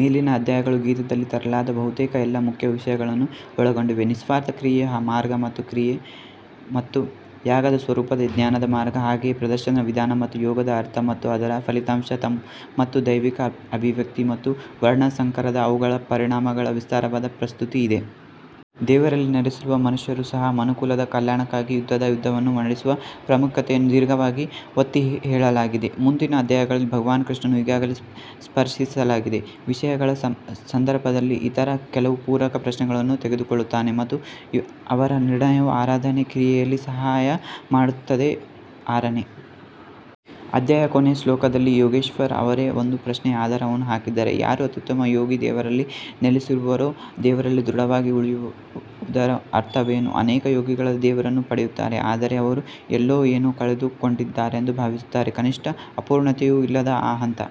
ಮೇಲಿನ ಅಧ್ಯಾಯಗಳು ಗೀತಾದಲ್ಲಿ ತರಲಾದ ಬಹುತೇಕ ಎಲ್ಲಾ ಮುಖ್ಯ ವಿಷಯಗಳನ್ನು ಒಳಗೊಂಡಿವೆ ನಿಸ್ವಾರ್ಥ ಕ್ರಿಯೆಯ ಮಾರ್ಗ ಮತ್ತು ಕ್ರಿಯೆ ಮತ್ತು ಯಾಗದ ಸ್ವರೂಪದ ಜ್ಞಾನದ ಮಾರ್ಗ ಹಾಗೆಯೇ ಪ್ರದರ್ಶನದ ವಿಧಾನ ಮತ್ತು ಯೋಗದ ಅರ್ಥ ಮತ್ತು ಅದರ ಫಲಿತಾಂಶ ಮತ್ತು ದೈವಿಕ ಅಭಿವ್ಯಕ್ತಿ ಮತ್ತು ವರ್ಣಸಂಕರದ ಅವುಗಳ ಪರಿಣಾಮಗಳ ವಿಸ್ತಾರವಾದ ಪ್ರಸ್ತುತಿ ಇದೆ. ದೇವರಲ್ಲಿ ನೆಲೆಸಿರುವ ಮನುಷ್ಯರೂ ಸಹ ಮನುಕುಲದ ಕಲ್ಯಾಣಕ್ಕಾಗಿ ಯುದ್ಧದ ಯುದ್ಧವನ್ನು ನಡೆಸುವ ಪ್ರಾಮುಖ್ಯತೆಯನ್ನು ದೀರ್ಘವಾಗಿ ಒತ್ತಿಹೇಳಲಾಗಿದೆ. ಮುಂದಿನ ಅಧ್ಯಾಯಗಳಲ್ಲಿ ಭಗವಾನ್ ಕೃಷ್ಣನು ಈಗಾಗಲೇ ಸ್ಪರ್ಶಿಸಲಾದ ವಿಷಯಗಳ ಸಂದರ್ಭದಲ್ಲಿ ಇತರ ಕೆಲವು ಪೂರಕ ಪ್ರಶ್ನೆಗಳನ್ನು ತೆಗೆದುಕೊಳ್ಳುತ್ತಾನೆ ಮತ್ತು ಅವರ ನಿರ್ಣಯವು ಆರಾಧನೆಯ ಕ್ರಿಯೆಯಲ್ಲಿ ಸಹಾಯ ಮಾಡುತ್ತದೆ ಆರನೇ ಅಧ್ಯಾಯದ ಕೊನೆಯ ಶ್ಲೋಕದಲ್ಲಿ ಯೋಗೇಶ್ವರ್ ಅವರೇ ಒಂದು ಪ್ರಶ್ನೆಯ ಆಧಾರವನ್ನು ಹಾಕಿದರು ಯಾರು ಅತ್ಯುತ್ತಮ ಯೋಗಿ ದೇವರಲ್ಲಿ ನೆಲೆಸಿರುವರೋ ದೇವರಲ್ಲಿ ದೃಢವಾಗಿ ಉಳಿಯುವುದರ ಅರ್ಥವೇನು ಅನೇಕ ಯೋಗಿಗಳು ದೇವರನ್ನು ಪಡೆಯುತ್ತಾರೆ ಆದರೆ ಅವರು ಎಲ್ಲೋ ಏನೋ ಕಳೆದುಕೊಂಡಿದ್ದಾರೆಂದು ಭಾವಿಸುತ್ತಾರೆ ಕನಿಷ್ಠ ಅಪೂರ್ಣತೆಯೂ ಇಲ್ಲದ ಆ ಹಂತ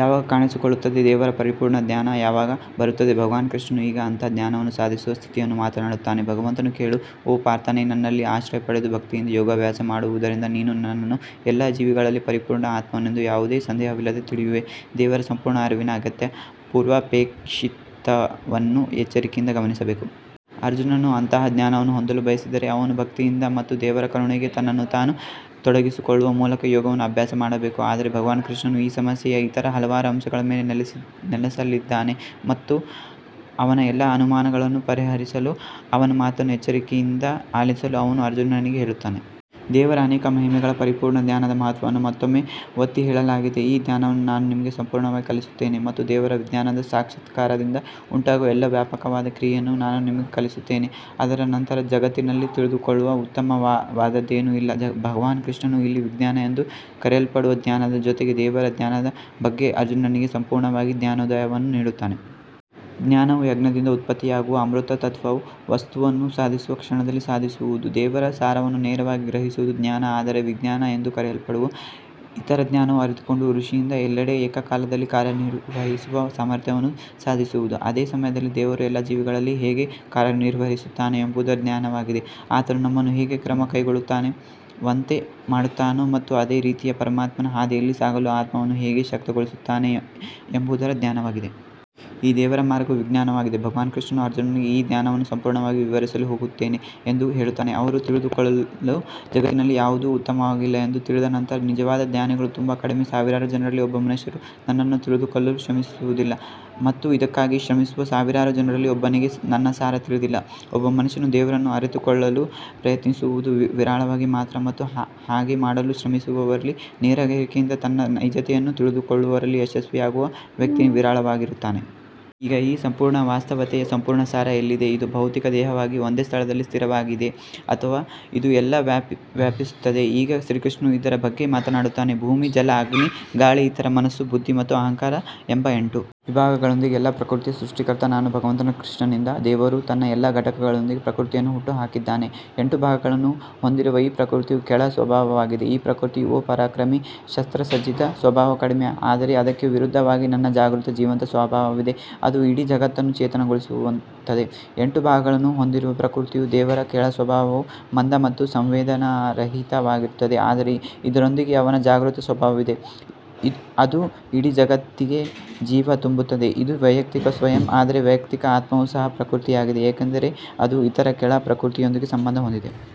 ಯಾವಾಗ ಕಾಣಿಸಿಕೊಳ್ಳುತ್ತದೆ ದೇವರ ಪರಿಪೂರ್ಣ ಜ್ಞಾನ ಯಾವಾಗ ಬರುತ್ತದೆ ಭಗವಾನ್ ಕೃಷ್ಣನು ಈಗ ಅಂತಹ ಜ್ಞಾನವನ್ನು ಸಾಧಿಸುವ ಸ್ಥಿತಿಯನ್ನು ಮಾತನಾಡುತ್ತಾನೆ ಭಗವಂತನು ಕೇಳು ಓ ಪಾರ್ಥನೇ ನನ್ನಲ್ಲಿ ಆಶ್ರಯ ಪಡೆದು ಭಕ್ತಿಯಿಂದ ಯೋಗಾಭ್ಯಾಸ ಮಾಡುವುದರಿಂದ ನೀನು ನನ್ನನ್ನು ಎಲ್ಲಾ ಜೀವಿಗಳಲ್ಲಿ ಪರಿಪೂರ್ಣ ಆತ್ಮನೆಂದು ಯಾವುದೇ ಸಂದೇಹವಿಲ್ಲದೆ ತಿಳಿಯುವೆ ದೇವರ ಸಂಪೂರ್ಣ ಅರಿವಿನ ಅಗತ್ಯ ಪೂರ್ವಾಪೇಕ್ಷಿತವನ್ನು ಎಚ್ಚರಿಕೆಯಿಂದ ಗಮನಿಸಬೇಕು. ಅರ್ಜುನನು ಅಂತಹ ಜ್ಞಾನವನ್ನು ಹೊಂದಲು ಬಯಸಿದರೆ ಅವನು ಭಕ್ತಿಯಿಂದ ಮತ್ತು ದೇವರ ಕರುಣೆಗೆ ತನ್ನನ್ನು ತಾನು ತೊಡಗಿಸಿಕೊಳ್ಳುವ ಮೂಲಕ ಯೋಗವನ್ನು ಅಭ್ಯಾಸ ಮಾಡಬೇಕು. ಆದರೆ ಭಗವಾನ್ ಕೃಷ್ಣನು ಈ ಸಮಸ್ಯೆಯ ಇತರ ಹಲವಾರು ಅಂಶಗಳ ಮೇಲೆ ನೆಲೆಸಲಿದ್ದಾನೆ ಮತ್ತು ಅವನ ಎಲ್ಲಾ ಅನುಮಾನಗಳನ್ನು ಪರಿಹರಿಸಲು ಅವನ ಮಾತನ್ನು ಎಚ್ಚರಿಕೆಯಿಂದ ಆಲಿಸಲು ಅವನು ಅರ್ಜುನನಿಗೆ ಹೇಳುತ್ತಾನೆ. ದೇವರ ಅನೇಕ ಮಹಿಮೆಗಳ ಪರಿಪೂರ್ಣ ಜ್ಞಾನದ ಮಹತ್ವವನ್ನು ಮತ್ತೊಮ್ಮೆ ಒತ್ತಿಹೇಳಲಾಗಿದೆ ಈ ಜ್ಞಾನವನ್ನು ನಾನು ನಿಮಗೆ ಸಂಪೂರ್ಣವಾಗಿ ಕಲಿಸುತ್ತೇನೆ ಮತ್ತು ದೇವರ ವಿಜ್ಞಾನದ ಸಾಕ್ಷಾತ್ಕಾರದಿಂದ ಉಂಟಾಗುವ ಎಲ್ಲಾ ವ್ಯಾಪಕವಾದ ಕ್ರಿಯೆಯನ್ನು ನಾನು ನಿಮಗೆ ಕಲಿಸುತ್ತೇನೆ ಅದರ ನಂತರ ಜಗತ್ತಿನಲ್ಲಿ ತಿಳಿದುಕೊಳ್ಳಲು ಉತ್ತಮವಾದದ್ದೇನೂ ಇಲ್ಲ. ಭಗವಾನ್ ಕೃಷ್ಣನು ಇಲ್ಲಿ ವಿಜ್ಞಾನ ಎಂದು ಕರೆಯಲ್ಪಡುವ ಜ್ಞಾನದ ಜೊತೆಗೆ ದೇವರ ಜ್ಞಾನದ ಬಗ್ಗೆ ಅರ್ಜುನನಿಗೆ ಸಂಪೂರ್ಣವಾಗಿ ಜ್ಞಾನೋದಯವನ್ನು ನೀಡುತ್ತಾನೆ. ಜ್ಞಾನವು ಯಜ್ಞದಿಂದ ಉತ್ಪತ್ತಿಯಾಗುವ ಅಮೃತ ತತ್ವದ ವಸ್ತುವನ್ನು ಸಾಧಿಸುವ ಕ್ಷಣದಲ್ಲಿ ಸಾಧಿಸುವುದು. ದೇವರ ಸಾರವನ್ನು ನೇರವಾಗಿ ಗ್ರಹಿಸುವುದು ಜ್ಞಾನ ಆದರೆ ವಿಜ್ಞಾನ ಎಂದು ಕರೆಯಲ್ಪಡುವ ಇತರ ಜ್ಞಾನವು ಅರಿತುಕೊಂಡ ಋಷಿಯಿಂದ ಎಲ್ಲೆಡೆ ಏಕಕಾಲದಲ್ಲಿ ಕಾರ್ಯನಿರ್ವಹಿಸುವ ಸಾಮರ್ಥ್ಯವನ್ನು ಸಾಧಿಸುವುದು. ಅದೇ ಸಮಯದಲ್ಲಿ ದೇವರು ಎಲ್ಲಾ ಜೀವಿಗಳಲ್ಲಿ ಹೇಗೆ ಕಾರ್ಯನಿರ್ವಹಿಸುತ್ತಾನೆ ಎಂಬುದರ ಜ್ಞಾನವಾಗಿದೆ ಆತನು ನಮ್ಮನ್ನು ಹೇಗೆ ಕ್ರಮ ಕೈಗೊಳ್ಳುವಂತೆ ಮಾಡುತ್ತಾನೆ ಮತ್ತು ಅದೇ ರೀತಿಯ ಪರಮಾತ್ಮನ ಹಾದಿಯಲ್ಲಿ ಸಾಗಲು ಆತ್ಮವನ್ನು ಹೇಗೆ ಶಕ್ತಗೊಳಿಸುತ್ತಾನೆ ಎಂಬುದರ ಜ್ಞಾನವಾಗಿದೆ. ಈ ದೇವರ ಮಾರ್ಗವು ವಿಜ್ಞಾನವಾಗಿದೆ ಭಗವಾನ್ ಕೃಷ್ಣನು ಅರ್ಜುನನಿಗೆ ಈ ಜ್ಞಾನವನ್ನು ಸಂಪೂರ್ಣವಾಗಿ ವಿವರಿಸಲು ಹೋಗುತ್ತೇನೆ ಎಂದು ಹೇಳುತ್ತಾನೆ ಅವನು ತಿಳಿದುಕೊಳ್ಳಲು ಜಗತ್ತಿನಲ್ಲಿ ಯಾವುದೂ ಉತ್ತಮವಾಗಿಲ್ಲ ಎಂದು ತಿಳಿದ ನಂತರ ನಿಜವಾದ ಜ್ಞಾನಿಗಳು ತುಂಬಾ ಕಡಿಮೆ ಸಾವಿರಾರು ಜನರಲ್ಲಿ ಒಬ್ಬ ಮನುಷ್ಯನು ನನ್ನನ್ನು ತಿಳಿದುಕೊಳ್ಳಲು ಶ್ರಮಿಸುವುದಿಲ್ಲ ಮತ್ತು ಇದಕ್ಕಾಗಿ ಶ್ರಮಿಸುವ ಸಾವಿರಾರು ಜನರಲ್ಲಿ ಒಬ್ಬನಿಗೆ ನನ್ನ ಸಾರ ತಿಳಿದಿಲ್ಲ ಒಬ್ಬ ಮನುಷ್ಯನು ದೇವರನ್ನು ಅರಿತುಕೊಳ್ಳಲು ಪ್ರಯತ್ನಿಸುವುದು ವಿರಳವಾಗಿ ಮಾತ್ರ ಮತ್ತು ಹಾಗೆ ಮಾಡಲು ಶ್ರಮಿಸುವವರಲ್ಲಿ ನೇರ ಗ್ರಹಿಕೆಯಿಂದ ತನ್ನ ನೈಜತೆಯನ್ನು ತಿಳಿದುಕೊಳ್ಳುವಲ್ಲಿ ಯಶಸ್ವಿಯಾಗುವ ವ್ಯಕ್ತಿ ವಿರಳವಾಗಿರುತ್ತಾನೆ. ಈಗ ಈ ಸಂಪೂರ್ಣ ವಾಸ್ತವತೆಯ ಸಂಪೂರ್ಣ ಸಾರ ಎಲ್ಲಿದೆ ಇದು ಭೌತಿಕ ದೇಹವಾಗಿ ಒಂದೇ ಸ್ಥಳದಲ್ಲಿ ಸ್ಥಿರವಾಗಿದೆಯೇ ಅಥವಾ ಅದು ಎಲ್ಲಾ ವ್ಯಾಪಿಸುತ್ತಿದೆಯೇ? ಈಗ ಶ್ರೀಕೃಷ್ಣನು ಇದರ ಬಗ್ಗೆ ಮಾತನಾಡುತ್ತಾನೆ ಭೂಮಿ ಜಲ ಅಗ್ನಿ ಗಾಳಿ ಈಥರ್ ಮನಸ್ಸು ಬುದ್ಧಿ ಮತ್ತು ಅಹಂಕಾರ ಎಂಬ ಎಂಟು ವಿಭಾಗಗಳೊಂದಿಗೆ ಎಲ್ಲಾ ಪ್ರಕೃತಿಯ ಸೃಷ್ಟಿಕರ್ತ ನಾನು ಭಗವಂತ ಕೃಷ್ಣನಿಂದ ದೇವರು ತನ್ನ ಎಲ್ಲಾ ಘಟಕಗಳೊಂದಿಗೆ ಪ್ರಕೃತಿಯನ್ನು ಹುಟ್ಟುಹಾಕಿದ್ದಾನೆ ಎಂಟು ಭಾಗಗಳನ್ನು ಹೊಂದಿರುವ ಈ ಪ್ರಕೃತಿಯು ಕೆಳ ಸ್ವಭಾವವಾಗಿದೆ ಈ ಪ್ರಕೃತಿ ಓ ಪರಾಕ್ರಮಿ ಶಸ್ತ್ರಸಜ್ಜಿತ ಸ್ವಭಾವ ಕಡಿಮೆ ಆದರೆ ಅದಕ್ಕೆ ವಿರುದ್ಧವಾಗಿ ನನ್ನ ಜಾಗೃತ ಜೀವಂತ ಸ್ವಭಾವವಿದೆ ಅದು ಇಡೀ ಜಗತ್ತನ್ನು ಚೇತನಗೊಳಿಸುತ್ತದೆ ಎಂಟು ಭಾಗಗಳನ್ನು ಹೊಂದಿರುವ ಪ್ರಕೃತಿಯು ದೇವರ ಕೆಳ ಸ್ವಭಾವವು ಮಂದ ಮತ್ತು ಸಂವೇದನಾರಹಿತವಾಗಿರುತ್ತದೆ ಆದರೆ ಇದರೊಂದಿಗೆ ಅವನ ಜಾಗೃತ ಸ್ವಭಾವವಿದೆ ಅದು ಇಡೀ ಜಗತ್ತಿಗೆ ಜೀವ ತುಂಬುತ್ತದೆ ಇದು ವೈಯಕ್ತಿಕ ಸ್ವಯಂ ಆದರೆ ವೈಯಕ್ತಿಕ ಆತ್ಮವು ಸಹ ಪ್ರಕೃತಿಯಾಗಿದೆ ಏಕೆಂದರೆ ಅದು ಇತರ ಕೆಳ ಪ್ರಕೃತಿಯೊಂದಿಗೆ ಸಂಬಂಧ ಹೊಂದಿದೆ.